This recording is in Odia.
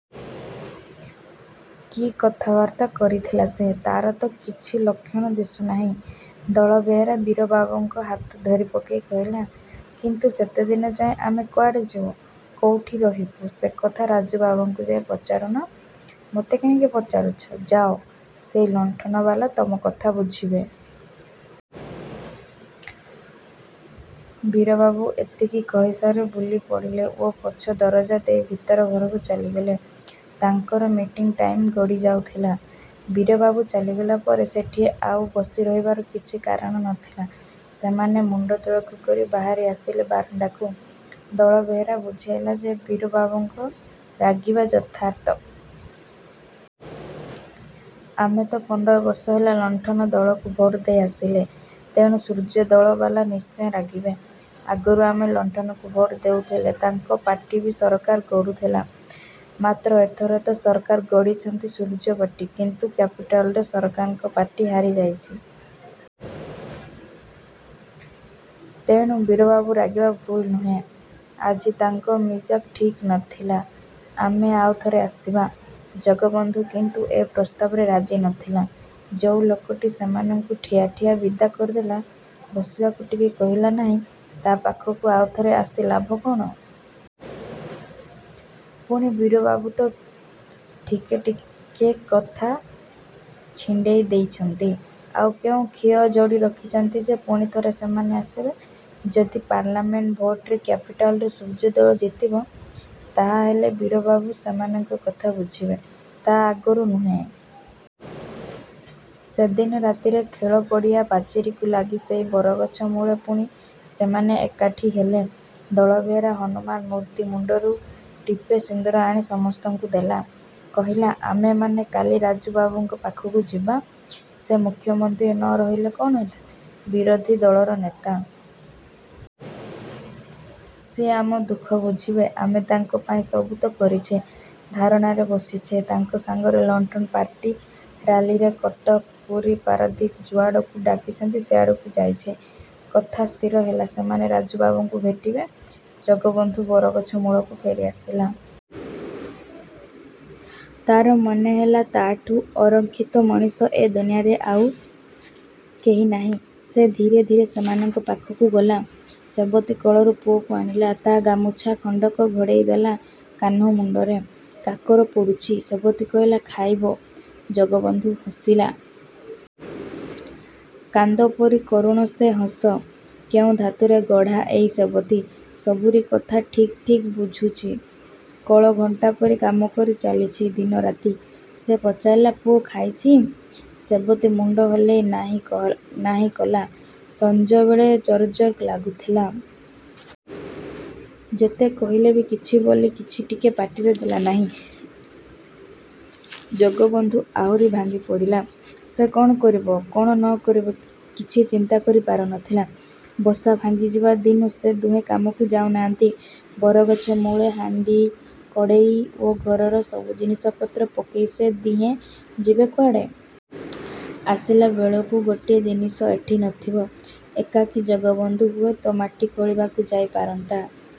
କି କଥାବାର୍ତ୍ତା କରିଥିଲା ସେ! ତାର ତ କିଛି ଲକ୍ଷଣ ଦିଶୁନାହିଁ! ଦଳବେହେରା ବୀରବାବୁଙ୍କ ହାତ ଧରିପକେଇ କହିଲା, "କିନ୍ତୁ ସେତେଦିନ ଯାଏ ଆମେ କୁଆଡ଼େ ଯିବୁ? କୋଉଠି ରହିବୁ?" "ସେକଥା ରାଜୁବାବୁଙ୍କୁ ଯାଇ ପଚାରୁନ? ମୋତେ କାହିଁକି ପଚାରୁଛ? ଯାଅ, ସେଇ ଲଣ୍ଠନବାଲା ତମକଥା ବୁଝିବେ।" ବୀରବାବୁ ଏତିକି କହିସାରି ବୁଲିପଡ଼ିଲେ ଓ ପଛ ଦରଜା ଦେଇ ଭିତର ଘରକୁ ଚାଲିଗଲେ। ତାଙ୍କର ମିଟିଂ ଟାଇମ୍‌ ଗଡ଼ିଯାଉଥିଲା। ବୀରବାବୁ ଚାଲିଗଲା ପରେ ସେଠି ଆଉ ବସି ରହିବାର କିଛି କାରଣ ନଥିଲା। ସେମାନେ ମୁଣ୍ଡ ତଳକୁ କରି ବାହାରି ଆସିଲେ ବାରଣ୍ଡାକୁ। ଦଳବେହେରା ବୁଝେଇଲା ଯେ ବୀରବାବୁଙ୍କ ରାଗିବା ଯଥାର୍ଥ। ଆମେ ତ ପନ୍ଦର ବର୍ଷ ହେଲା ଲଣ୍ଠନ ଦଳକୁ ଭୋଟ୍ ଦେଇ ଆସିଲେ। ତେଣୁ ସୂର୍ଯ୍ୟ ଦଳବାଲା ନିଶ୍ଚୟ ରାଗିବେ। ଆଗରୁ ଆମେ ଲଣ୍ଠନକୁ ଭୋଟ୍ ଦେଉଥିଲେ, ତାଙ୍କ ପାର୍ଟି ବି ସରକାର ଗଢ଼ୁଥିଲା। ମାତ୍ର ଏଥର ତ ସରକାର ଗଢ଼ିଛନ୍ତି ସୂର୍ଯ୍ୟପାର୍ଟି। କିନ୍ତୁ କ୍ୟାପିଟାଲରେ ସରକାରଙ୍କ ପାର୍ଟି ହାରିଯାଇଛି। ତେଣୁ ବୀରବାବୁ ରାଗିବା ଭୁଲ୍ ନୁହେଁ। ଆଜି ତାଙ୍କ ମିଜାଜ୍ ଠିକ୍ ନଥିଲା। ଆମେ ଆଉଥରେ ଆସିବା। ଜଗବନ୍ଧୁ କିନ୍ତୁ ଏ ପ୍ରସ୍ତାବରେ ରାଜି ନଥିଲା। ଯୋଉ ଲୋକଟି ସେମାନଙ୍କୁ ଠିଆ ଠିଆ ବିଦା କରିଦେଲା, ବସିବାକୁ ଟିକେ କହିଲା ନାହିଁ, ତା ପାଖକୁ ଆଉଥରେ ଆସି ଲାଭ କଣ? ପୁଣି ବୀରବାବୁ ତ ଠିକେ ଠିକେ କଥା ଛିଣ୍ଡେଇ ଦେଇଛନ୍ତି। ଆଉ କେଉଁ ଖିଅ ଯୋଡ଼ି ରଖିଛନ୍ତି ଯେ ପୁଣି ଥରେ ସେମାନେ ଆସିବେ? ଯଦି ପାର୍ଲାମେଣ୍ଟ ଭୋଟରେ କ୍ୟାପିଟାଲ୍‌ରୁ ସୂର୍ଯ୍ୟ ଦଳ ଜିତିବ ତାହାହେଲେ ବୀରବାବୁ ସେମାନଙ୍କ କଥା ବୁଝିବେ। ତା ଆଗରୁ ନୁହେଁ। ସେଦିନ ରାତିରେ ଖେଳପଡ଼ିଆ ପାଚେରିକୁ ଲାଗି ସେଇ ବରଗଛ ମୂଳେ ପୁଣି ସେମାନେ ଏକାଠି ହେଲେ। ଦଳବେହେରା ହନୁମାନ ମୂର୍ତ୍ତି ମୁଣ୍ଡରୁ ଟିପେ ସିନ୍ଦୂର ଆଣି ସମସ୍ତଙ୍କୁ ଦେଲା। କହିଲା, "ଆମେମାନେ କାଲି ରାଜୁବାବୁଙ୍କ ପାଖକୁ ଯିବା। ସେ ମୁଖ୍ୟମନ୍ତ୍ରୀ ନ ରହିଲେ କଣ ହେଲା, ବିରୋଧୀ ଦଳର ନେତା। ସିଏ ଆମ ଦୁଃଖ ବୁଝିବେ। ଆମେ ତାଙ୍କ ପାଇଁ ସବୁ ତ କରିଛେ, ଧାରଣାରେ ବସିଛେ, ତାଙ୍କ ସାଙ୍ଗରେ ଲଣ୍ଠନ ପାର୍ଟି ରାଲିରେ କଟକ, ପୁରୀ, ପାରାଦୀପ, ଯୁଆଡ଼କୁ ଡାକିଛନ୍ତି ସିଆଡ଼କୁ ଯାଇଛେ।" କଥା ସ୍ଥିର ହେଲା ସେମାନେ ରାଜୁବାବୁଙ୍କୁ ଭେଟିବେ। ଜଗବନ୍ଧୁ ବରଗଛ ମୂଳକୁ ଫେରିଆସିଲା। ତାର ମନେହେଲା ତାଠୁଁ ଅରକ୍ଷିତ ମଣିଷ ଏ ଦୁନିଆରେ ଆଉ କେହି ନାହିଁ। ସେ ଧୀରେ ଧୀରେ ସେମାନଙ୍କ ପାଖକୁ ଗଲା। ସେବତୀ କୋଳରୁ ପୁଅକୁ ଆଣିଲା। ତା ଗାମୁଛା ଖଣ୍ଡକ ଘୋଡ଼େଇଦେଲା କାହ୍ନୁ ମୁଣ୍ଡରେ। କାକର ପଡ଼ୁଛି। ସେବତୀ କହିଲା, "ଖାଇବ?" ଜଗବନ୍ଧୁ ହସିଲା। କାନ୍ଦ ପରି କରୁଣ ସେ ହସ। କେଉଁ ଧାତୁରେ ଗଢ଼ା ଏଇ ସେବତୀ! ସବୁରି କଥା ଠିକ୍ ଠିକ୍ ବୁଝୁଛି। କଳଘଣ୍ଟା ପରି କାମ କରି ଚାଲୁଛି ଦିନରାତି। ସେ ପଚାରିଲା, "ପୁଅ ଖାଇଛି?" ସେବତୀ ମୁଣ୍ଡ ହଲେଇ ନାହିଁ କଲା, "ସଂଜବେଳେ ଜରଜର ଲାଗୁଥିଲା। ଯେତେ କହିଲେ ବି କିଛି ବୋଲି କିଛି ଟିକେ ପାଟିରେ ଦେଲାନାହିଁ।" ଜଗବନ୍ଧୁ ଆହୁରି ଭାଙ୍ଗିପଡ଼ିଲା। ସେ କଣ କରିବ, କଣ ନ କରିବ କିଛି ଚିନ୍ତା କରିପାରୁ ନଥିଲା। ବସା ଭାଙ୍ଗିଯିବା ଦିନୁ ସେ ଦୁହେଁ କାମକୁ ଯାଉନାହାନ୍ତି। ବରଗଛ ମୂଳେ ହାଣ୍ଡି, କଡ଼େଇ ଓ ଘରର ସବୁ ଜିନିଷପତ୍ର ପକେଇ ସେ ଦିହେଁ ଯିବେ କୁଆଡ଼େ? ଆସିଲାବେଳକୁ ଗୋଟିଏ ଜିନିଷ ଏଠି ନଥିବ। ଏକାକୀ ଜଗବନ୍ଧୁ ହୁଏତ ମାଟି ଖୋଳିବାକୁ ଯାଇପାରନ୍ତା।